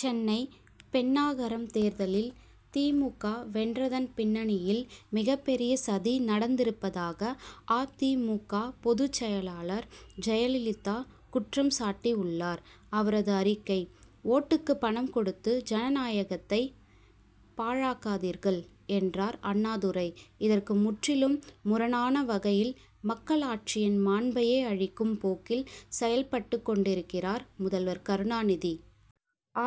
சென்னை பென்னாகரம் தேர்தலில் தி. மு. க. வென்றதன் பின்னணியில் மிகப் பெரிய சதி நடந்திருப்பதாக அ. தி. மு. க. பொதுச் செயலர் ஜெயலலிதா குற்றம்சாட்டி உள்ளார். அவரது அறிக்கை:ஓட்டுக்கு பணம் கொடுத்து ஜனநாயகத்தை பாழாக்காதீர்கள் என்றார் அண்ணாதுரை. இதற்கு முற்றிலும் முரணான வகையில் மக்களாட்சியின் மாண்பையே அழிக்கும் போக்கில் செயல்பட்டுக் கொண்டிருக்கிறார் முதல்வர் கருணாநிதி.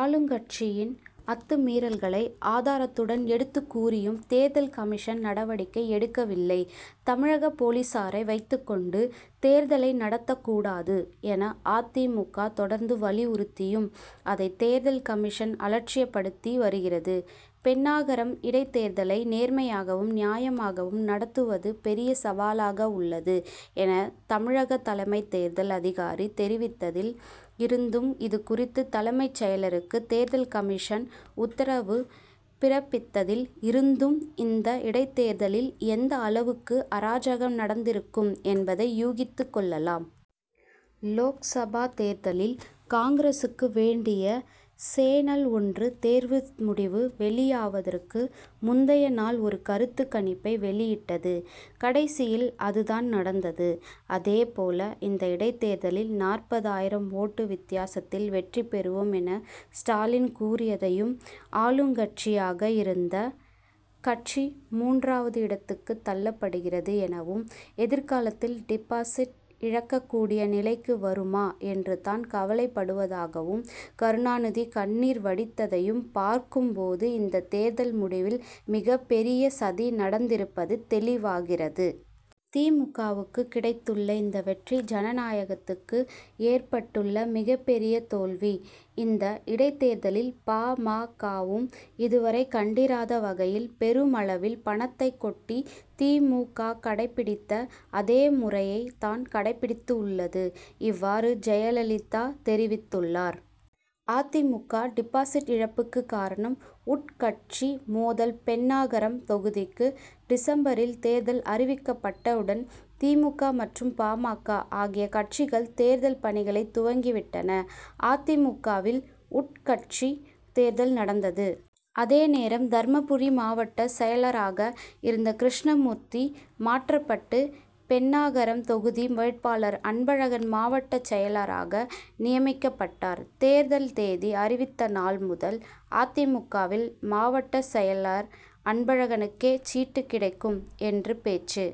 ஆளுங்கட்சியின் அத்துமீறல்களை ஆதாரத்துடன் எடுத்துக் கூறியும் தேர்தல் கமிஷன் நடவடிக்கை எடுக்கவில்லை. தமிழக போலீசாரை வைத்துக்கொண்டு தேர்தலை நடத்தக் கூடாது என அ. தி. மு. க தொடர்ந்து வலியுறுத்தியும் அதை தேர்தல் கமிஷன் அலட்சியப்படுத்தி வருகிறது. பென்னாகரம் இடைத்தேர்தலை நேர்மையாகவும் நியாயமாகவும் நடத்துவது பெரிய சவாலாக உள்ளது என தமிழகத் தலைமைத் தேர்தல் அதிகாரி தெரிவித்ததில் இருந்தும் இதுகுறித்து தலைமைச் செயலருக்கு தேர்தல் கமிஷன் உத்தரவு பிறப்பித்ததில் இருந்தும் இந்த இடைத்தேர்தலில் எந்த அளவுக்கு அராஜகம் நடந்திருக்கும் என்பதை யூகித்துக் கொள்ளலாம். லோக்சபா தேர்தலில் காங்கிரசுக்கு வேண்டிய சேனல் ஒன்று தேர்தல் முடிவு வெளியாவதற்கு முந்தைய நாள் ஒரு கருத்துக் கணிப்பை வெளியிட்டது. கடைசியில் அது தான் நடந்தது. அதே போல இந்த இடைத்தேர்தலில் நாற்பது ஆயிரம் ஓட்டு வித்தியாசத்தில் வெற்றி பெறுவோம் என ஸ்டாலின் கூறியதையும் ஆளுங்கட்சியாக இருந்த கட்சி மூன்றாவது இடத்துக்கு தள்ளப்படுகிறது எனவும் எதிர்காலத்தில் டிபாசிட் இழக்கக்கூடிய நிலைக்கு வருமா என்று தான் கவலைப்படுவதாகவும் கருணாநிதி கண்ணீர் வடித்ததையும் பார்க்கும் போது இந்தத் தேர்தல் முடிவில் மிகப் பெரிய சதி நடந்திருப்பது தெளிவாகிறது. தி. மு. க.வுக்கு கிடைத்துள்ள இந்த வெற்றி ஜனநாயகத்துக்கு ஏற்பட்டுள்ள மிகப் பெரிய தோல்வி. இந்த இடைத்தேர்தலில் பா. ம. க.வும் இதுவரை கண்டிராத வகையில் பெருமளவில் பணத்தைக் கொட்டி தி. மு. க. கடைபிடித்த அதே முறையைத் தான் கடைபிடித்துள்ளது. இவ்வாறு ஜெயலலிதா தெரிவித்துள்ளார். அ. தி. மு. க. டிபாசிட் இழப்புக்கு காரணம் உட்கட்சி மோதல் பென்னாகரம் தொகுதிக்கு டிசம்பரில் தேர்தல் அறிவிக்கப்பட்டவுடன் தி. மு. க. மற்றும் பா. ம. க. ஆகிய கட்சிகள் தேர்தல் பணிகளை துவங்கி விட்டன. அ. தி. மு. க.வில் உட்கட்சி தேர்தல் நடந்தது. அதே நேரம் தர்மபுரி மாவட்ட செயலராக இருந்த கிருஷ்ணமூர்த்தி மாற்றப்பட்டு பென்னாகரம் தொகுதி வேட்பாளர் அன்பழகன் மாவட்டச் செயலராக நியமிக்கப்பட்டார். தேர்தல் தேதி அறிவித்த நாள் முதல் அ. தி. மு. க.வில் மாவட்ட செயலர் அன்பழகனுக்கே சீட் கிடைக்கும் என்று பேச்சு